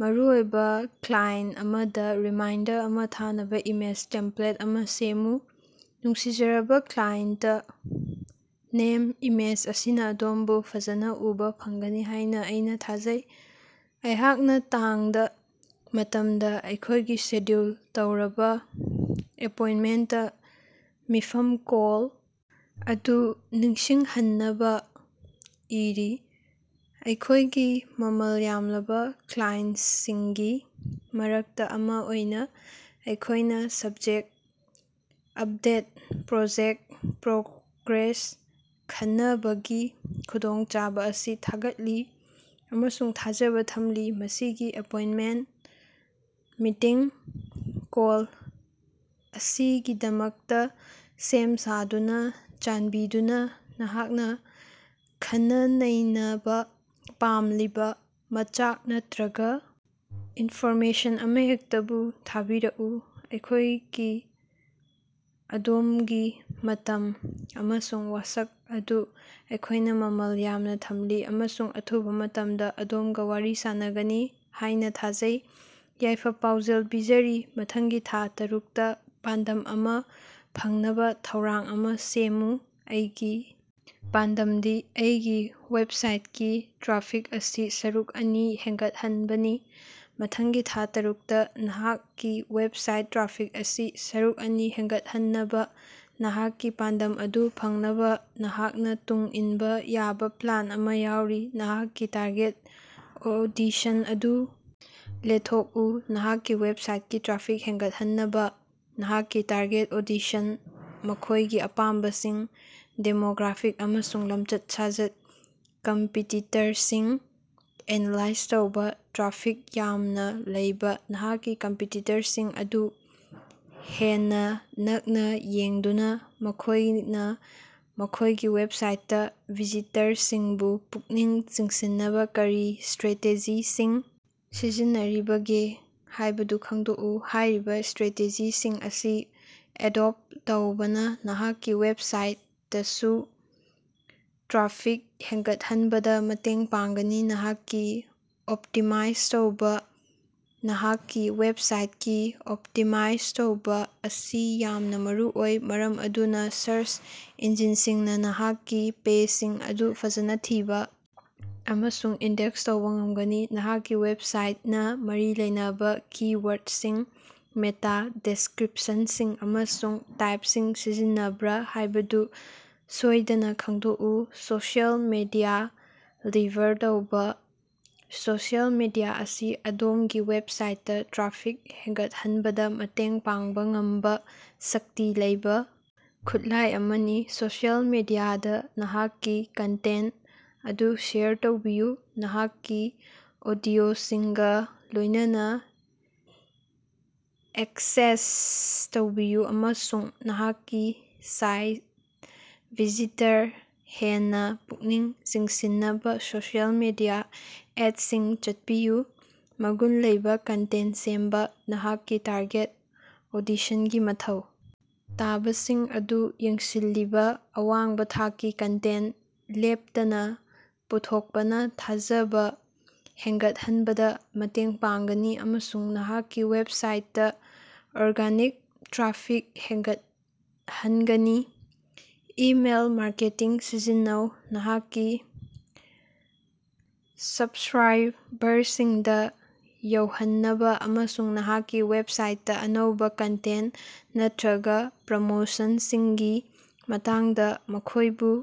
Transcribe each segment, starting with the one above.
ꯃꯔꯨꯑꯣꯏꯕꯥ ꯀ꯭ꯂꯥꯏꯟꯁ ꯑꯃꯗꯥ ꯔꯤꯃꯥꯏꯟꯗꯔ ꯑꯃꯥ ꯊꯥꯅꯕꯥ ꯏꯃꯦꯖ ꯇꯦꯝꯄ꯭ꯂꯦꯠ ꯑꯃꯥ ꯁꯦꯝꯃꯨ꯫ ꯅꯨꯡꯁꯤꯖꯔꯕꯥ ꯀ꯭ꯂꯥꯏꯟꯁꯇ ꯅꯦꯝ, ꯏꯃꯦꯖ ꯑꯁꯤꯅꯥ ꯑꯗꯣꯝꯕꯨ ꯐꯖꯅꯥ ꯎꯕꯥ ꯐꯪꯒꯅꯤ ꯍꯥꯢꯅꯥ ꯑꯩꯅꯥ ꯊꯥꯖꯩ꯫ ꯑꯩꯍꯥꯛꯅꯥ ꯇꯥꯡ ꯗꯥ ,ꯃꯇꯝ ꯗꯥ ꯑꯩꯈꯣꯢꯒꯤ ꯁꯦꯗ꯭ꯌꯨꯜ ꯇꯧꯔꯕꯥ ꯑꯦꯄꯣꯏꯟꯇꯃꯦꯟꯇ ꯃꯤꯐꯝ ꯀꯣꯜ ꯑꯗꯨ ꯅꯤꯡꯁꯤꯡꯍꯟꯅꯕꯥ ꯏꯔꯤ꯫ ꯑꯩꯈꯣꯢꯒꯤ ꯃꯃꯜ ꯌꯥꯝꯂꯕꯥ ꯀ꯭ꯂꯥꯏꯟꯁꯁꯤꯡꯒꯤ ꯃꯔꯛꯇꯥ ꯑꯃꯥ ꯑꯣꯏꯅꯥ ꯑꯩꯈꯣꯢꯅꯥ ꯁꯕꯖꯦꯛꯇ ꯑꯞꯗꯦꯠ ꯄ꯭ꯔꯣꯖꯦꯛꯇ ꯄ꯭ꯔꯣꯒ꯭ꯔꯦꯁ ꯈꯟꯅꯕꯒꯤ ꯈꯨꯗꯣꯡꯆꯥꯕꯥ ꯑꯁꯤ ꯊꯥꯒꯠꯂꯤ ꯑꯃꯁꯨꯡ ꯊꯥꯖꯕꯥ ꯊꯝꯂꯤ꯫ ꯃꯁꯤꯒꯤ ꯑꯦꯄꯣꯏꯟꯇꯃꯦꯟꯠ ꯃꯤꯇꯤꯡ ꯀꯣꯜ ꯑꯁꯤꯒꯤꯗꯃꯛꯇꯥ ꯁꯦꯝ-ꯁꯥꯗꯨꯅꯥ, ꯆꯥꯟꯕꯤꯗꯨꯅꯥ ꯅꯍꯥꯛꯅꯥ ꯈꯟꯅꯅꯩꯅꯕꯥ ꯄꯥꯝꯂꯤꯕꯥ ꯃꯆꯥꯛ ꯅꯠꯇ꯭ꯔꯒꯥ ꯏꯟꯐꯣꯔꯃꯦꯁꯟ ꯑꯃꯍꯦꯛꯇꯕꯨ ꯊꯥꯕꯤꯔꯛꯎ꯫ ꯑꯩꯈꯣꯢꯒꯤ ꯑꯗꯣꯝꯒꯤ ꯃꯇꯝ ꯑꯃꯁꯨꯡ ꯋꯥꯁꯛ ꯑꯗꯨ ꯑꯩꯈꯣꯢꯅꯥ ꯃꯃꯜ ꯌꯥꯝꯅꯥ ꯊꯝꯂꯤ ꯑꯃꯁꯨꯡ ꯑꯊꯨꯕꯥ ꯃꯇꯝꯗꯥ ꯑꯗꯣꯝꯒꯥ ꯋꯥꯔꯤ ꯁꯥꯅꯒꯅꯤ ꯍꯥꯢꯅꯥ ꯊꯥꯖꯩ꯫ ꯌꯥꯏꯐ-ꯄꯥꯎꯖꯦꯜ ꯄꯤꯖꯔꯤ ꯃꯊꯪꯒꯤ ꯊꯥ ꯇꯔꯨꯛꯇꯥ ꯄꯥꯟꯗꯝ ꯑꯃꯥ ꯐꯪꯅꯕꯥ ꯊꯧꯔꯥꯡ ꯑꯃꯥ ꯁꯦꯃꯃꯨ꯫ ꯑꯩꯒꯤ ꯄꯥꯟꯗꯝꯗꯤ ꯑꯩꯒꯤ ꯋꯦꯕꯁꯥꯏꯠꯀꯤ ꯇ꯭ꯔꯥꯐꯤꯛ ꯑꯁꯤ ꯁꯔꯨꯛ ꯑꯅꯤ ꯍꯦꯟꯒꯠꯍꯟꯕꯅꯤ꯫ ꯃꯊꯪꯒꯤ ꯊꯥ ꯇꯔꯨꯛꯇꯥ ꯅꯍꯥꯛꯀꯤ ꯋꯦꯕꯁꯥꯏꯠ ꯇ꯭ꯔꯥꯐꯤꯛ ꯑꯁꯤ ꯁꯔꯨꯛ ꯑꯅꯤ ꯍꯦꯟꯒꯠꯍꯟꯅꯕꯥ ꯅꯍꯥꯛꯀꯤ ꯄꯥꯟꯗꯝ ꯑꯗꯨ ꯐꯪꯅꯕꯥ ꯅꯍꯥꯛꯅꯥ ꯇꯨꯡ ꯏꯟꯕꯥ ꯌꯥꯕꯥ ꯄ꯭ꯂꯥꯟ ꯑꯃꯥ ꯌꯥꯎꯔꯤ, ꯅꯍꯥꯛꯀꯤ ꯇꯥꯔꯒꯦꯠ ꯑꯣꯗꯤꯁꯟ ꯑꯗꯨ ꯂꯦꯊꯣꯛꯎ: ꯅꯍꯥꯛꯀꯤ ꯋꯦꯕꯁꯥꯏꯠꯀꯤ ꯇ꯭ꯔꯥꯐꯤꯛ ꯍꯦꯟꯒꯠꯍꯟꯅꯕꯥ, ꯅꯍꯥꯛꯀꯤ ꯇꯥꯔꯒꯦꯠ ꯑꯣꯗꯤꯁꯟ- ꯃꯈꯣꯢꯒꯤ ꯑꯄꯥꯝꯕꯁꯤꯡ, ꯗꯦꯃꯣꯒ꯭ꯔꯥꯐꯤꯛ ꯑꯃꯁꯨꯡ ꯂꯝꯆꯠ-ꯁꯥꯖꯠ꯫ ꯀꯝꯄꯤꯇꯤꯇꯔꯁꯤꯡ ꯑꯦꯅꯥꯂꯥꯏꯖ ꯇꯧꯕꯥ ꯇ꯭ꯔꯥꯐꯤꯛ ꯌꯥꯝꯅꯥ ꯂꯩꯕꯥ ꯅꯍꯥꯛꯀꯤ ꯀꯝꯄꯤꯇꯤꯇꯔꯁꯤꯡ ꯑꯗꯨ ꯍꯦꯟꯅꯥ ꯅꯛꯅꯥ ꯌꯦꯡꯗꯨꯅꯥ ꯃꯈꯣꯢꯅꯥ ꯃꯈꯣꯢꯒꯤ ꯋꯦꯕꯁꯥꯏꯠꯇꯥ ꯚꯤꯖꯤꯇꯔꯁꯤꯡꯕꯨ ꯄꯨꯛꯅꯤꯡ ꯆꯤꯡꯁꯤꯟꯅꯕꯥ ꯀꯔꯤ ꯁꯇ꯭ꯔꯦꯇꯦꯖꯤꯁꯤꯡ ꯁꯤꯖꯤꯟꯅꯔꯤꯕꯒꯦ ꯍꯥꯢꯕꯗꯨ ꯈꯪꯗꯣꯛꯎ꯫ ꯍꯥꯏꯔꯤꯕꯥ ꯁꯇ꯭ꯔꯦꯇꯦꯖꯤꯁꯤꯡ ꯑꯁꯤ ꯑꯦꯗꯣꯞꯇ ꯇꯧꯕꯅꯥ ꯅꯍꯥꯛꯀꯤ ꯋꯦꯕꯁꯥꯏꯇꯗꯁꯨ ꯇ꯭ꯔꯥꯐꯤꯛ ꯍꯦꯡꯒꯠꯍꯟꯕꯗꯥ ꯃꯇꯦꯡ ꯄꯥꯡꯒꯅꯤ꯫ ꯅꯍꯥꯛꯀꯤ ꯑꯣꯞꯇꯤꯃꯥꯏꯖ ꯇꯧꯕꯥ ꯅꯍꯥꯛꯀꯤ ꯋꯦꯕꯁꯥꯏꯇꯀꯤ ꯑꯣꯞꯇꯤꯃꯥꯏꯖ ꯇꯧꯕꯥ ꯑꯁꯤ ꯌꯥꯝꯅꯥ ꯃꯔꯨꯑꯣꯏ ꯃꯔꯝ ꯑꯗꯨꯅꯥ ꯁꯔꯆ ꯏꯟꯖꯤꯟꯁꯤꯡꯅꯥ ꯅꯍꯥꯛꯀꯤ ꯄꯦꯖꯁꯤꯡ ꯑꯗꯨ ꯐꯖꯅꯥ ꯊꯤꯕꯥ ꯑꯃꯁꯨꯡ ꯏꯟꯗꯦꯛꯁ ꯇꯧꯕꯥ ꯉꯝꯒꯅꯤ꯫ ꯅꯍꯥꯛꯀꯤ ꯋꯦꯕꯁꯥꯏꯇꯅꯥ ꯃꯔꯤ ꯂꯩꯅꯕꯥ ꯀꯤ-ꯋꯥꯔꯗꯁꯤꯡ ꯃꯦꯇꯥ ꯗꯤꯁꯀ꯭ꯔꯤꯞꯁꯟꯁꯤꯡ ꯑꯃꯁꯨꯡ ꯇꯥꯏꯞꯁꯤꯡ ꯁꯤꯖꯤꯟꯅꯕ꯭ꯔꯥ ꯍꯥꯢꯕꯗꯨ ꯁꯣꯢꯗꯅꯥ ꯈꯪꯗꯣꯛꯎ꯫ ꯁꯣꯁꯤꯑꯦꯜ ꯃꯤꯗꯤꯌꯥ ꯂꯤꯚꯔ ꯇꯧꯕꯥ: ꯁꯣꯁꯤꯑꯦꯜ ꯃꯤꯗꯤꯌꯥ ꯑꯁꯤ ꯑꯗꯣꯝꯒꯤ ꯋꯦꯕꯁꯥꯏꯠꯇꯥ ꯇ꯭ꯔꯥꯐꯤꯛ ꯍꯦꯟꯒꯠꯍꯟꯕꯗꯥ ꯃꯇꯦꯡ ꯄꯥꯡꯕꯥ ꯉꯝꯕꯥ ꯁꯛꯇꯤ ꯂꯩꯕꯥ ꯈꯨꯠꯂꯥꯢ ꯑꯃꯅꯤ꯫ ꯁꯣꯁꯤꯑꯦꯜ ꯃꯤꯗꯤꯌꯥꯗꯥ ꯅꯍꯥꯛꯀꯤ ꯀꯟꯇꯦꯟꯇ ꯑꯗꯨ ꯁꯦꯌꯔ ꯇꯧꯕꯤꯌꯨ, ꯅꯍꯥꯛꯀꯤ ꯑꯣꯗꯤꯑꯣꯁꯤꯡꯒꯥ ꯂꯣꯢꯅꯅꯥ ꯑꯦꯡꯒꯦꯖ ꯇꯧꯕꯤꯌꯨ ꯑꯃꯁꯨꯡ ꯅꯍꯥꯛꯀꯤ ꯁꯥꯏꯇ ꯚꯤꯖꯤꯇꯔ ꯍꯦꯟꯅꯥ ꯄꯨꯛꯅꯤꯡ ꯆꯤꯡꯁꯤꯟꯅꯕꯥ ꯁꯣꯁꯤꯑꯦꯜ ꯃꯤꯗꯤꯌꯥ ꯑꯦꯗꯁꯤꯡ ꯆꯠꯄꯤꯌꯨ꯫ ꯃꯒꯨꯟ ꯂꯩꯕꯥ ꯀꯟꯇꯦꯟꯇ ꯁꯦꯝꯕꯥ: ꯅꯍꯥꯛꯀꯤ ꯇꯥꯔꯒꯦꯠ ꯑꯣꯗꯤꯁꯟꯒꯤ ꯃꯊꯧ ꯇꯥꯕꯁꯤꯡ ꯑꯗꯨ ꯌꯦꯡꯁꯤꯜꯂꯤꯕꯥ ꯑꯋꯥꯡꯕꯥ ꯊꯥꯛꯀꯤ ꯀꯟꯇꯦꯟꯇ ꯂꯦꯞꯇꯅꯥ ꯄꯨꯊꯣꯛꯄꯅꯥ ꯊꯥꯖꯕꯥ ꯍꯦꯟꯒꯠꯍꯟꯕꯗꯥ ꯃꯇꯦꯡ ꯄꯥꯡꯒꯅꯤ ꯑꯃꯁꯨꯡ ꯅꯍꯥꯛꯀꯤ ꯋꯦꯕꯁꯥꯏꯠꯇꯥ ꯑꯣꯔꯒꯥꯅꯤꯛ ꯇ꯭ꯔꯥꯐꯤꯛ ꯍꯦꯟꯒꯠꯍꯟꯒꯅꯤ꯫ ꯏꯃꯦꯜ ꯃꯥꯔꯀꯦꯇꯤꯡ ꯁꯤꯖꯤꯟꯅꯧ: ꯅꯍꯥꯛꯀꯤ ꯁꯕꯁ꯭ꯛꯔꯥꯏꯕꯔꯁꯤꯡꯗꯥ ꯌꯧꯍꯟꯅꯕꯥ ꯑꯃꯁꯨꯡ ꯅꯍꯥꯛꯀꯤ ꯋꯦꯕꯁꯥꯏꯠꯇꯥ ꯑꯅꯧꯕꯥ ꯀꯟꯇꯦꯟꯇ ꯅꯠꯇ꯭ꯔꯒꯥ ꯄ꯭ꯔꯣꯃꯣꯁꯟꯁꯤꯡꯒꯤ ꯃꯇꯥꯡꯗꯥ ꯃꯈꯣꯢꯕꯨ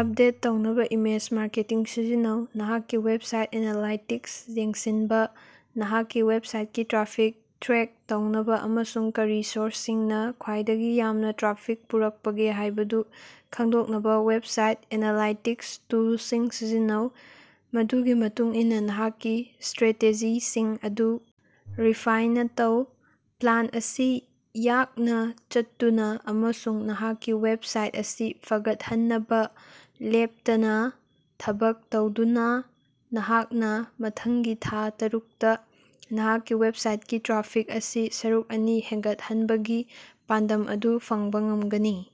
ꯑꯞꯗꯦꯠ ꯇꯧꯅꯕꯥ ꯏꯃꯦꯖ ꯃꯥꯔꯀꯦꯇꯤꯡ ꯁꯤꯖꯤꯟꯅꯧ꯫ ꯅꯍꯥꯛꯀꯤ ꯋꯦꯕꯁꯥꯏꯠ ꯑꯦꯅꯥꯂꯥꯏꯇꯤꯛꯁ ꯌꯦꯡꯁꯤꯟꯕꯥ: ꯅꯍꯥꯛꯀꯤ ꯋꯦꯕꯁꯥꯏꯠꯀꯤ ꯇ꯭ꯔꯥꯐꯤꯛ ꯇ꯭ꯔꯦꯛ ꯇꯧꯅꯕꯥ ꯑꯃꯁꯨꯡ ꯀꯔꯤ ꯁꯣꯔꯁꯁꯤꯡꯅꯥ ꯈ꯭ꯋꯥꯏꯗꯒꯤ ꯌꯥꯝꯅꯥ ꯇ꯭ꯔꯥꯐꯤꯛ ꯄꯨꯔꯛꯄꯒꯦ ꯍꯥꯢꯕꯗꯨ ꯈꯪꯗꯣꯛꯅꯕꯥ ꯋꯦꯕꯁꯥꯏꯠ ꯑꯦꯅꯥꯂꯥꯏꯇꯤꯛꯁ ꯇꯨꯜꯁꯤꯡ ꯁꯤꯖꯤꯟꯅꯧ꯫ ꯃꯗꯨꯒꯤ ꯃꯇꯨꯡ ꯏꯟꯅꯥ ꯅꯍꯥꯛꯀꯤ ꯁꯇ꯭ꯔꯦꯇꯦꯖꯤꯁꯤꯡ ꯑꯗꯨ ꯔꯤꯐꯥꯏꯟꯅꯥ ꯇꯧ꯫ ꯄ꯭ꯂꯥꯟ ꯑꯁꯤ ꯌꯥꯛꯅꯥ ꯆꯠꯇꯨꯅꯥ ꯑꯃꯁꯨꯡ ꯅꯍꯥꯛꯀꯤ ꯋꯦꯕꯁꯥꯏꯠ ꯑꯁꯤ ꯐꯒꯠꯍꯟꯅꯕꯥ ꯂꯦꯞꯇꯅꯥ ꯊꯕꯛ ꯇꯧꯗꯨꯅꯥ, ꯅꯍꯥꯛꯅꯥ ꯃꯊꯪꯒꯤ ꯊꯥ ꯇꯔꯨꯛꯇꯥ ꯅꯍꯥꯛꯀꯤ ꯋꯦꯕꯁꯥꯏꯠꯀꯤ ꯇ꯭ꯔꯥꯐꯤꯛ ꯑꯁꯤ ꯁꯔꯨꯛ ꯑꯅꯤ ꯍꯦꯟꯒꯠꯍꯟꯕꯒꯤ ꯄꯥꯟꯗꯝ ꯑꯗꯨ ꯐꯪꯕꯥ ꯉꯝꯒꯅꯤ꯫